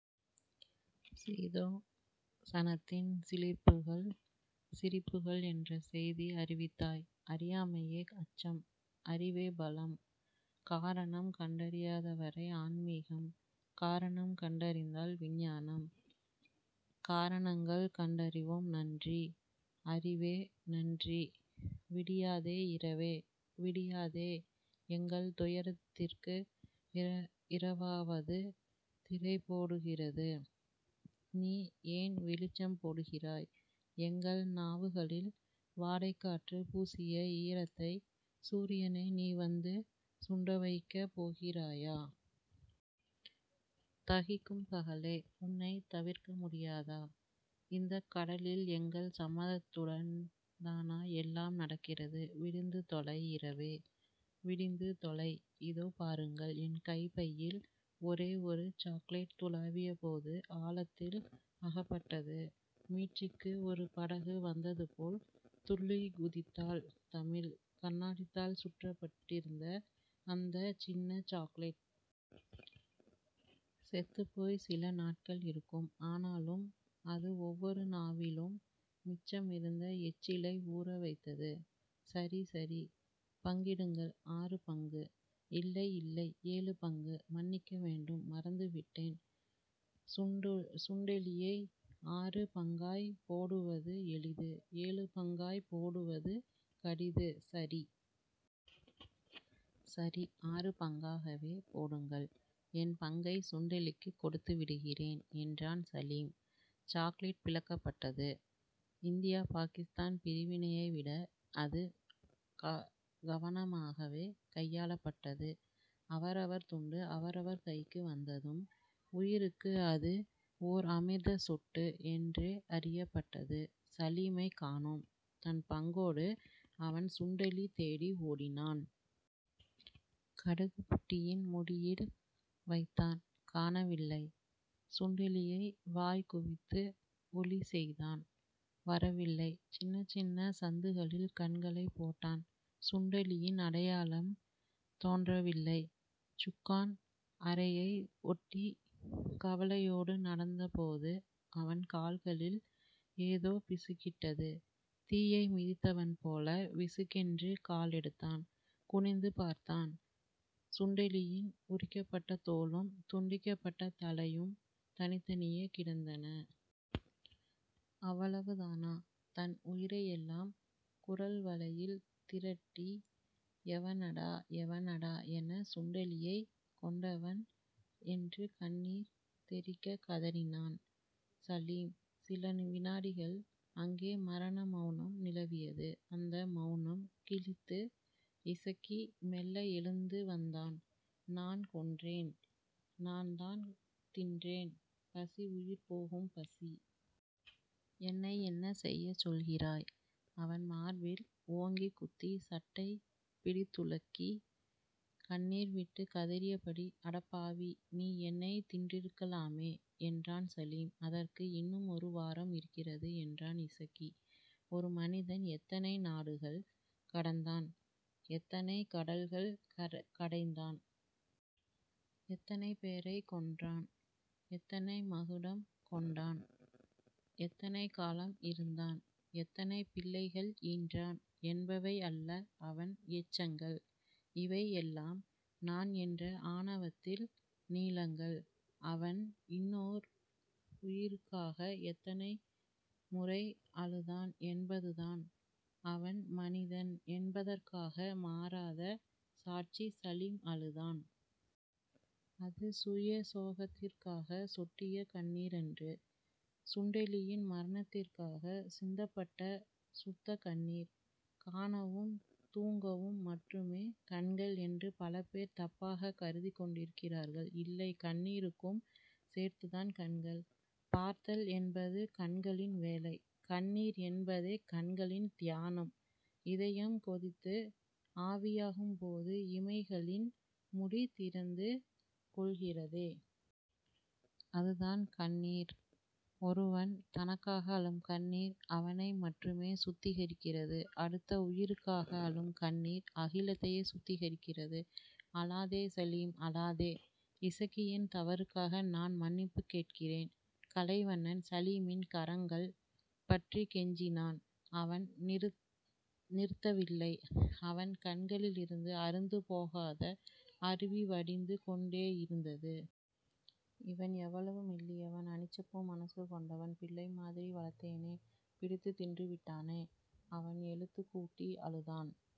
சீதோஷணத்தின் சிலிர்ப்புகள்... சிரிப்புகள் என்ற செய்தி அறிவித்தாய். அறியாமையே அச்சம். அறிவே பலம். காரணம் கண்டறியாதவரை ஆன்மீகம். காரணம் கண்டறிந்தால் விஞ்ஞானம். காரணங்கள் கண்டறிவோம். நன்றி அறிவே. நன்றி. விடியாதே இரவே. விடியாதே. எங்கள் துயரத்திற்கு இரவாவது திரைபோடுகிறது. நீ ஏன் வெளிச்சம் போடுகிறாய்? எங்கள் நாவுகளில் வாடைக்காற்று பூசிய ஈரத்தை சூரியனே நீ வந்து சுண்டவைக்கப் போகிறாயா? தகிக்கும் பகலே. உன்னைத் தவிர்க்கமுடியாதா? இந்தக் கடலில் எங்கள் சம்மதத்துடன்தானா எல்லாம் நடக்கிறது? விடிந்து தொலை இரவே. விடிந்து தொலை. இதோ பாருங்கள். என் கைப்பையில் ஒரே ஒரு சாக்லெட்.. துழாவியபோது ஆழத்தில் அகப்பட்டது. மீட்சிக்கு ஒரு படகு வந்தது போல் துள்ளிக்குதித்தாள் தமிழ் கண்ணாடித்தாள் சுற்றப்பட்டிருந்த அந்தச் சின்ன சாக்லெட். செத்துப்போய்ச் சில நாட்கள் இருக்கும். ஆனாலும், அது ஒவ்வொரு நாவிலும் மிச்சமிருந்த எச்சிலை ஊறவைத்தது. சரி சரி. பங்கிடுங்கள். ஆறு பங்கு. இல்லை. இல்லை. ஏழு பங்கு. மன்னிக்க வேண்டும். மறந்துவிட்டேன் சுண்டெலியை. ஆறு பங்காய்ப் போடுவது எளிது. ஏழு பங்காய்ப் போடுவது கடிது. சரி.. சரி. ஆறு பங்காகவே போடுங்கள். என் பங்கைச் சுண்டெலிக்குக் கொடுத்துவிடுகிறேன் என்றான் சலீம். சாக்லெட் பிளக்கப்பட்டது. இந்தியா பாகிஸதான் பிரிவினையைவிட அது கவனமாகவே கையாளப்பட்டது. அவரவர் துண்டு அவரவர் கைக்கு வந்ததும், உயிருக்கு அது ஓர் அமிர்தச் சொட்டு என்றே அறியப்பட்டது. சலீமைக் காணோம். தன் பங்கோடு அவன் சுண்டெலி தேடி ஓடினான். கடுகுபுட்டியின் முடியில் வைத்தான். காணவில்லை சுண்டெலியை. வாய்குவித்து ஒலிசெய்தான். வரவில்லை. சின்னச் சின்னச் சந்துகளில் கண்களைப் போட்டான். சுண்டெலியின் அடையாளம் தோன்றவில்லை. சுக்கான் அறையை ஒட்டிக் கவலையோடு நடந்தபோது அவன் கால்களில் ஏதோ பிசுக்கிட்டது. தீயை மிதித்தவன்போல விசுக்கென்று காலெடுத்தான், குனிந்து பார்த்தான். சுண்டெலியின் உரிக்கப்பட்ட தோலும், துண்டிக்கப்பட்ட தலையும் தனித்தனியே கிடந்தன. அவ்வளவுதான. தன் உயிரையெல்லாம் குரல்வளையில் திரட்டி எவனடா. எவனடா என சுண்டெலியைக் கொன்றவன் என்று கண்ணீர் தெறிக்கக் கதறினான் சலீம். சில விநாடிகள் அங்கே மரணமெளனம் நிலவியது. அந்த மெளனம் கிழித்து இசக்கி மெல்ல எழுந்துவந்தான். நான் கொன்றேன், நான்தான் தின்றேன். பசி, உயிர்போகும் பசி. என்னை என்ன செய்யச் சொல்கிறாய்? அவன் மார்பில் ஓங்கிக் குத்தி, சட்டை பிடித்துலுக்கி, கண்ணீர்விட்டுக் கதறியபடி அடப்பாவி. நீ என்னைத் தின்றிருக்கலாமே என்றான் சலீம். அதற்கு இன்னும் ஒரு வாரம் இருக்கிறது. என்றான் இசக்கி. ஒரு மனிதன் எத்தனை நாடுகள் கடந்தான். எத்தனை கடல்கள் கடைந்தான். எத்தனை பேரைக் கொன்றான். எத்தனை மகுடம் கொண்டான். எத்தனை காலம் இருந்தான். எத்தனை பிள்ளைகள் ஈன்றான் என்பவை அல்ல அவன் எச்சங்கள். இவையெல்லாம் நான் என்ற ஆணவத்தின் நீளங்கள். அவன் இன்னோர் உயிருக்காக எத்தனைமுறை அழுதான் என்பதுதான், அவன் மனிதன் என்பதற்கான மாறாத சாட்சி. சலீம் அழுதான். அது சுயசோகத்திற்காகச் சொட்டிய கண்ணீரன்று. சுண்டெலியின் மரணத்திற்காகச் சிந்தப்பட்ட சுத்தக் கண்ணீர். காணவும் தூங்கவும் மட்டுமே கண்கள் என்று பலபேர் தப்பாகக் கருதிக் கொண்டிருக்கிறார்கள். இல்லை கண்ணீருக்கும் சேர்த்துத்தான் கண்கள். பார்த்தல் என்பது கண்களின் வேலை. கண்ணீர் என்பதே கண்களின் தியானம். இதயம் கொதித்து ஆவியாகும்போது இமைகளின் முடி திறந்து கொள்கிறதே... அதுதான் கண்ணீர். ஒருவன் தனக்காக அழும் கண்ணீர் அவனைமட்டுமே சுத்திகரிக்கிறது. அடுத்த உயிருக்காக அழும் கண்ணீர் அகிலத்தையே சுத்திகரிக்கிறது. அழாதே சலீம். அழாதே. இசக்கியின் தவறுக்காக நான் மன்னிப்புக் கேட்கிறேன் கலைவண்ணன் சலீமின் கரங்கள் பற்றிக் கெஞ்சினான். அவன் நிறுத்தவில்லை. அவன் கண்களிலிருந்து அறுந்துபோகாத அருவி வடிந்து கொண்டேயிருந்தது. இவன் எவ்வளவு மெல்லியவன். அனிச்சப்பூ மனசு கொண்டவன். பிள்ளை மாதிரி வளர்த்தேனே. பிடித்துத் தின்றுவிட்டானே. அவன் எழுத்துக் கூட்டி அழுதான்.